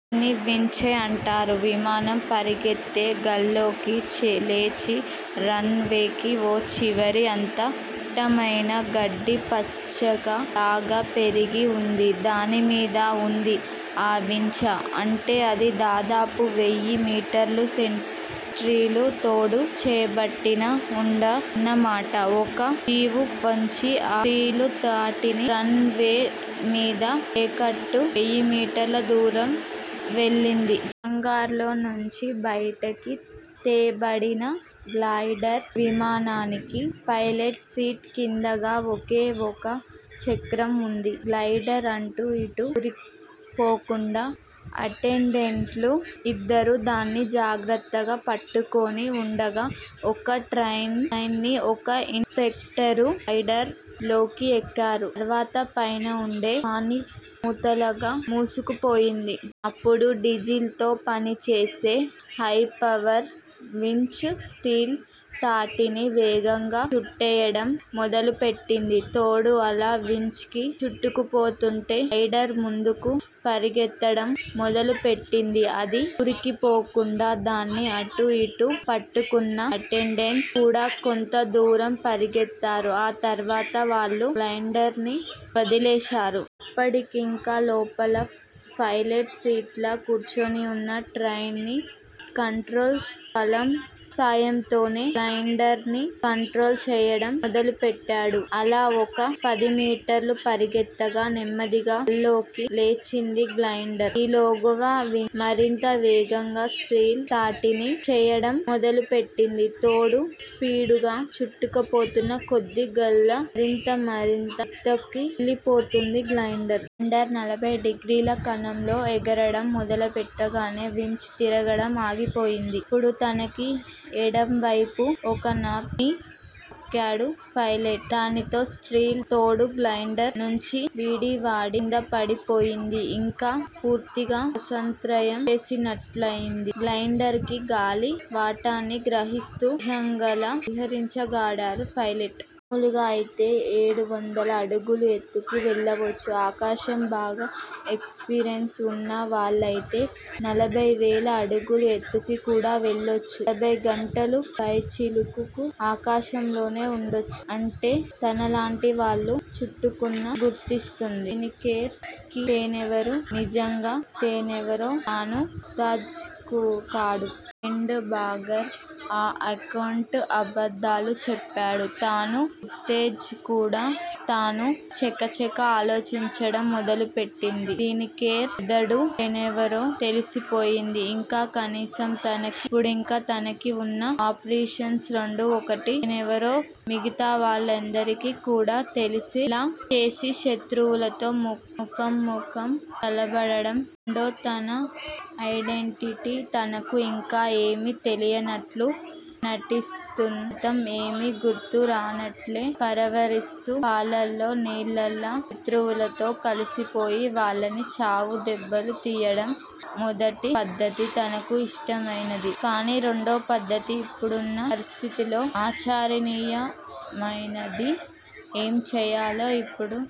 దీన్నే వించే అంటారు. విమానం పరిగెత్తే గాల్లోకి చేలేచి రన్ వేకి ఒ చివరి అంతా దట్టమయిన గడ్డి పచ్చిగా లాగా పెరిగి వుంది. దానిమీద వుంది ఆ వించ. అంటే అది దాదాపు వెయ్యి మీటర్ల సెంట్రీలు తోడు చేబట్టిన ఉండ అన్నమాట. ఒక జీపు వంచి తీలు తాటిని రన్ వే మీద ఎక్కటూ వెయ్యిమీటర్ల దూరం వెళ్ళింది. హంగార్ లో నుంచి బయటికి తేబడిన గ్లయిడర్ విమానానికి ఫైలట్ సీట్ కిందగా ఒకే ఒక చక్రం వుంది. గ్లయిడర్ అంటూ ఇటూ ఒరిగిపోకుండా అటెండెంట్లు ఇద్దరు దాన్ని జాగ్రత్తగా పట్టుకోని వుండగా, ఒక ట్రయిన్, ట్రన్ నిఒక ఇన్ స్పెక్టరూ గ్లయిడర్ లోకి ఎక్కారు. తర్వాత పైన ఉండే కానీ మూతలాగా మూసుకుపోయింది. అప్పుడు, డీజెల్ తో పనిచేసే హైపవర్ వించ్ స్టీలు తాటిని వేగంగా చుట్టెయ్యడం మొదలుపెట్టింది. తోడు అలా వించ్ కి చుట్టుకుపోతుంటే గ్లయిడర్ ముందుకు పరిగెత్తడం మొదలుపెట్టింది. అది ఉరికిపోకుండా దాన్ని అటూ ఇటూ పట్టుకున్న అటెండెంస్ కూడా కొంత దూరం పరిగెత్తారు. ఆ తర్వాత వాళ్ళు గ్లయిండర్ ని వదిలేశారు. అప్పుడింకింకా లోపల ఫైలట్ సీట్ల కూర్చుని వున్న ట్రయ్ నీ, కంట్రోల్ కాలమ్ సాయంతోనే గ్లయిండర్ ని కంట్రోల్ చెయ్యడం మొదలుపెట్టాడు. అలా ఒక పదిమీటర్లు పరిగెత్తగ, నెమ్మదిగా గాల్లోకి లేచింది గ్లయిండర్. ఈలోగగా- అవి మరింత వేగంగా స్టీల్ తాటిని చెయ్యడం మొదలుపెట్టింది. తోడు స్పీడుగా చుట్టకుపోతున్న కొద్దీ గాల్లో రింతమరింత తొక్కి వెళ్ళిపోతోంది గ్లయిండర్. గ్లయిండర్ నలభైడిగ్రీల కోణంలో ఎగరడం మొదలుపెట్టగానే, వించ్ తిరగడం ఆగిపోయింది. ఇప్పుడు, తనకి ఎడం వైపు ఒక నాపి ఎక్కాడు ఫైలట్. దానితో స్టీలు తోడు గ్లయిండర్ నుంచి వీడివాడి కిందపడిపోయింది. ఇంక పూర్తిగా స్వతంత్ర్యం వచ్చేసినట్లయింది గ్లయిండర్ కి. గాలి వాటాన్ని గ్రహిస్తూ, విహంగలా విహరించగాడాడు ఫైలెట్. మామూలుగా అయితే ఏడువందల అడుగులు ఎత్తుకి వెళ్ళవచ్చు ఆకాశం. బాగా ఎక్స్ పీరియన్స్ ఉన్న వాళ్ళయితే నలభైవేల అడుగుల ఎత్తుకి కూడా వెళ్ళొచ్చు. నలభై గంటల పైచిలుకుకు ఆకాశంలోనే ఉండొచ్చు. అంటే తనలాంటి వాళ్ళు. చుట్టుకున్న గుర్తిస్తుంది దినికేర్ కేర్ తేనెవరు నిజంగా తేనెవరో! అను ఉత్తాజ్ కుకాడు! ఎండబాగ! ఆ అకౌంట్ అబద్దాలు చెప్పాడు! తాను ఉత్తేజ్ కూడ! తాను చకచక ఆలోచించడం మొదలుపెట్టింది దినికేర్ మెదడు. తినెవరో తెలిసిపోయింది ఇంక! కనీసం తనకి! ఇప్పుడింక తనకి వున్న ఆప్రేషన్స్ రెండు! ఒకటి తనెవరో మిగతా వాళ్ళందరికీ కూడా తెలిసేలా చేసి శత్రువులతో ముఖాముఖం తలబడడం. రెండు. తన ఐడెంటిటీ తనకు ఇంకా ఏమీ తెలియనట్లు నటిస్తూ, తం ఏమీ గుర్తు రానట్లే పరవరిస్తూ, పాలల్లో నీళ్ళలా శత్రువులతో కలిసిపోయి, వాళ్ళని చావు దెబ్బలు తియ్యడం. మొదటి పద్దతి తనకు ఇష్టమయినది. కానీ రెండోపద్దతి ఇప్పుడున్న పరిస్థితుల్లో ఆచరణీయమయినది. ఏం చెయ్యాలో ఇప్పుడు?